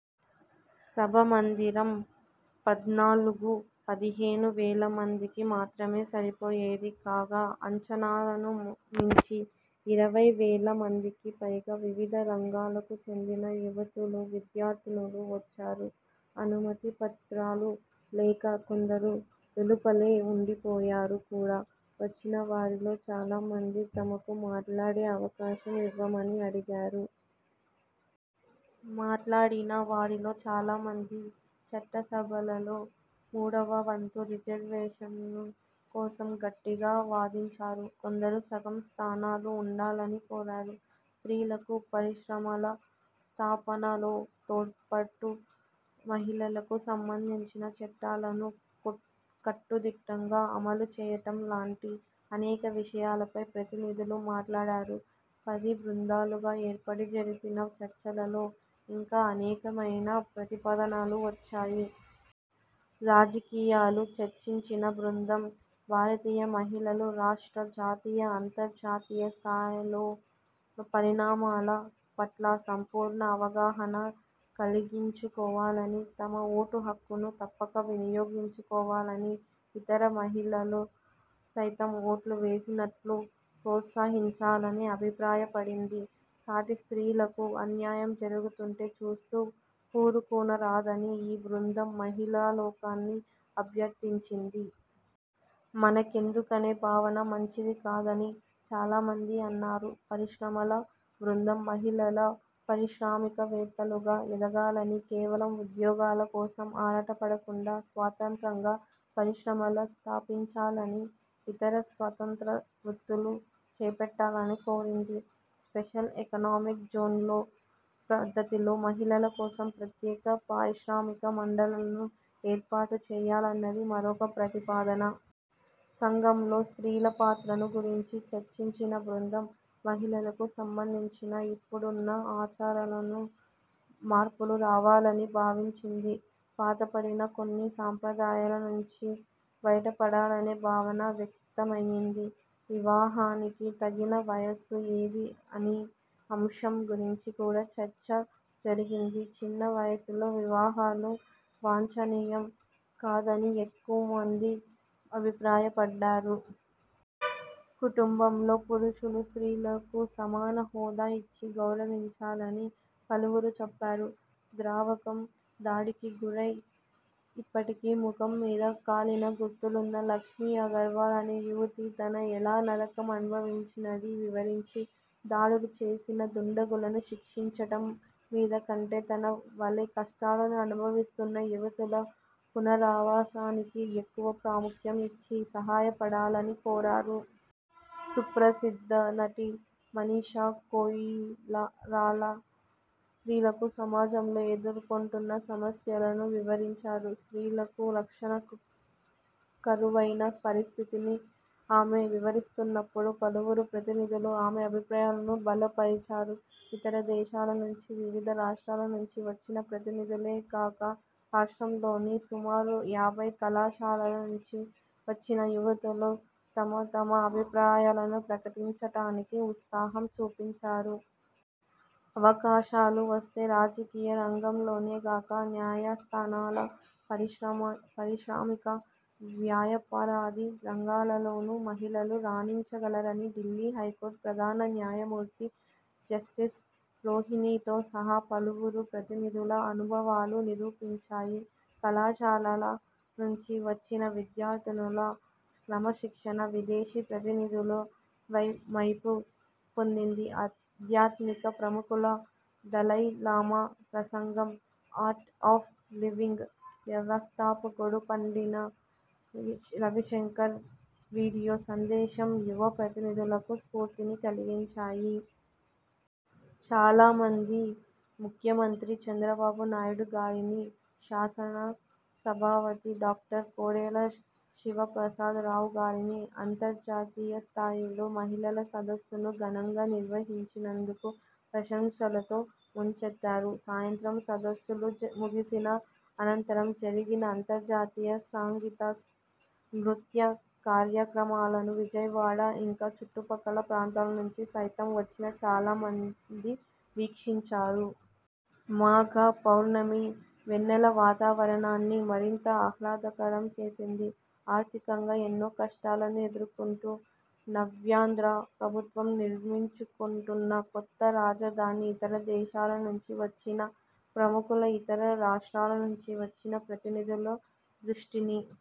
సభామందిరం పద్నాలుగు, పదిహేను వేల మందికి మాత్రమే సరిపోయేది కాగా అంచనాలను మించి ఇరవై వేల మందికి పైగా వివిధ రంగాలకు చెందిన యువతులు, విద్యార్థినులు వచ్చారు. అనుమతి పత్రాలు లేక కొందరు వెలుపలే ఉండిపోయారు కూడా. వచ్చిన వారిలో చాలా మంది తమకు మాట్లాడే అవకాశం ఇవ్వమని అడిగారు. మాట్లాడిన వారిలో చాలా మంది చట్టసభలలో మూడవ వంతు రిజర్వేషను కోసం గట్టిగా వాదించారు. కొందరు సగం స్థానాలు ఉండాలని కోరారు. స్త్రీలకు పరిశ్రమల స్థాపనలో తోడ్పాటు, మహిళలకు సంబంధించిన చట్టాలను కట్టుదిట్టంగా అమలు చేయటం లాంటి అనేక విషయాలపై ప్రతినిధులు మాట్లాడారు. పది బృందాలుగా ఏర్పడి జరిపిన చర్చలలో ఇంకా అనేకమైన ప్రతిపాదనలు వచ్చాయి. రాజకీయాలు చర్చించిన బృందం భారతీయ మహిళలు రాష్ట్ర, జాతీయ, అంతర్జాతీయ స్థాయిలలో పరిణామాల పట్ల సంపూర్ణ అవగాహన కలిగించుకోవాలనీ, తమ ఓటు హక్కును తప్పక వినియోగించుకోవాలనీ, ఇతర మహిళలు సైతం ఓట్లు వేసేటట్లు ప్రోత్సహించాలనీ అభిప్రాయపడింది. సాటి స్త్రీలకు అన్యాయం జరుగుతుంటే చూస్తూ వూరుకొనరాదని ఈ బృందం మహిళాలోకాన్ని అభ్యర్థించింది. మనకెందుకనే భావన మంచిది కాదని చాలామంది అన్నారు. పరిశ్రమల బృందం మహిళలు పారిశ్రామికవేత్తలుగా ఎదగాలనీ, కేవలం ఉద్యోగాల కోసం ఆరాటపడకుండా స్వతంత్రంగా పరిశ్రమలు స్థాపించాలనీ, ఇతర స్వతంత్ర వృత్తులు చేపట్టాలనీ కోరింది. స్పెషల్ ఎకనామిక్ జోన్ల పద్ధతిలో మహిళల కోసం ప్రత్యేక పారిశ్రామిక మండలాలను ఏర్పాటు చేయాలన్నది మరొక ప్రతిపాదన. సంఘంలో స్త్రీల పాత్రను గురించి చర్చించిన బృందం మహిళలకు సంబంధించి ఇప్పుడున్న ఆచారాలలో మార్పులు రావాలని భావించింది. పాతపడిన కొన్ని సంప్రదాయాల నుంచి బయటపడాలనే భావన వ్యక్తమైంది. వివాహానికి తగిన వయస్సు ఏది అనే అంశం గురించి కూడా చర్చ జరిగింది. చిన్న వయస్సులో వివాహాలు వాంఛనీయం కాదని ఎక్కువమంది అభిప్రాయపడ్డారు. కుటుంబంలో పురుషులు స్త్రీలకు సమాన హోదా ఇచ్చి గౌరవించాలని పలువురు చెప్పారు. ద్రావకం దాడికి గురై, ఇప్పటికీ ముఖం మీద కాలిన గుర్తులున్న లక్ష్మీ అగర్వాల్ అనే యువతి తను ఎలా నరకం అనుభవించినదీ వివరించి, దాడులు చేసిన దుండగులను శిక్షించటం మీద కంటే తన వలె కష్టాలను అనుభవిస్తున్న యువతుల పునరావాసానికి ఎక్కువ ప్రాముఖ్యం ఇచ్చి సాయపడాలని కోరారు. సుప్రసిద్ధ నటి మనీషా కోయిరాలా స్త్రీలకు సమాజంలో ఎదుర్కొంటున్న సమస్యలను వివరించారు. స్త్రీలకు రక్షణ కరువైన పరిస్థితిని ఆమె వివరిస్తున్నప్పుడు పలువురు ప్రతినిధులు ఆమె అభిప్రాయాలను బలపరిచారు. ఇతర దేశాల నుంచి, వివిధ రాష్ట్రాల నుంచి వచ్చిన ప్రతినిధులే గాక, రాష్ట్రంలోని సుమారు యాభై కళాశాలల నుంచి వచ్చిన యువతులు తమ తమ అభిప్రాయాలను ప్రకటించటానికి ఉత్సాహం చూపించారు. అవకాశాలు వస్తే రాజకీయ రంగంలోనే గాక, న్యాయస్థానాలు, పారిశ్రామిక, వ్యాపారాది రంగాలలోను మహిళలు రాణించగలరని ఢిల్లీ హైకోర్టు ప్రధాన న్యాయమూర్తి జస్టిస్ రోహిణితో సహా పలువురు ప్రతినిధుల అనుభవాలు నిరూపించాయి. కళాశాలల నుంచి వచ్చిన విద్యార్థినుల క్రమశిక్షణ విదేశీ ప్రతినిధుల మెప్పు పొందింది. ఆధ్యాత్మిక ప్రముఖులు దలైలామా ప్రసంగం, 'ఆర్ట్ ఆఫ్ లివింగ్' వ్యవస్థాపకుడు పండిత రవిశంకర్ వీడియో సందేశం యువ ప్రతినిధులకు స్ఫూర్తిని కలిగించాయి. చాలా మంది ముఖ్యమంత్రి చంద్రబాబు నాయుడు గారినీ, శాసనసభాపతి డాక్టర్ కోడెల శివప్రసాదరావు గారినీ అంతర్జాతీయ స్థాయిలో మహిళల సదస్సును ఘనంగా నిర్వహించినందుకు ప్రశంసలతో ముంచెత్తారు. సాయంత్రం సదస్సులు ముగిసిన అనంతరం జరిగిన అంతర్జాతీయ సంగీత నృత్య కార్యక్రమాలను విజయవాడ, ఇంకా చుట్టుపక్కల ప్రాంతాల నుంచి సైతం వచ్చిన చాలా మంది వీక్షించారు. మాఘ పౌర్ణమి వెన్నెల వాతావరణాన్ని మరింత ఆహ్లాదకరం చేసింది. ఆర్థికంగా ఎన్నో కష్టాలను ఎదుర్కొంటూ నవ్యాంధ్ర ప్రభుత్వం నిర్మించుకొంటున్న కొత్త రాజధాని ఇతర దేశాల నుంచి వచ్చిన ప్రముఖుల, ఇతర రాష్ట్రాల నుంచి వచ్చిన ప్రతినిధుల దృష్టిని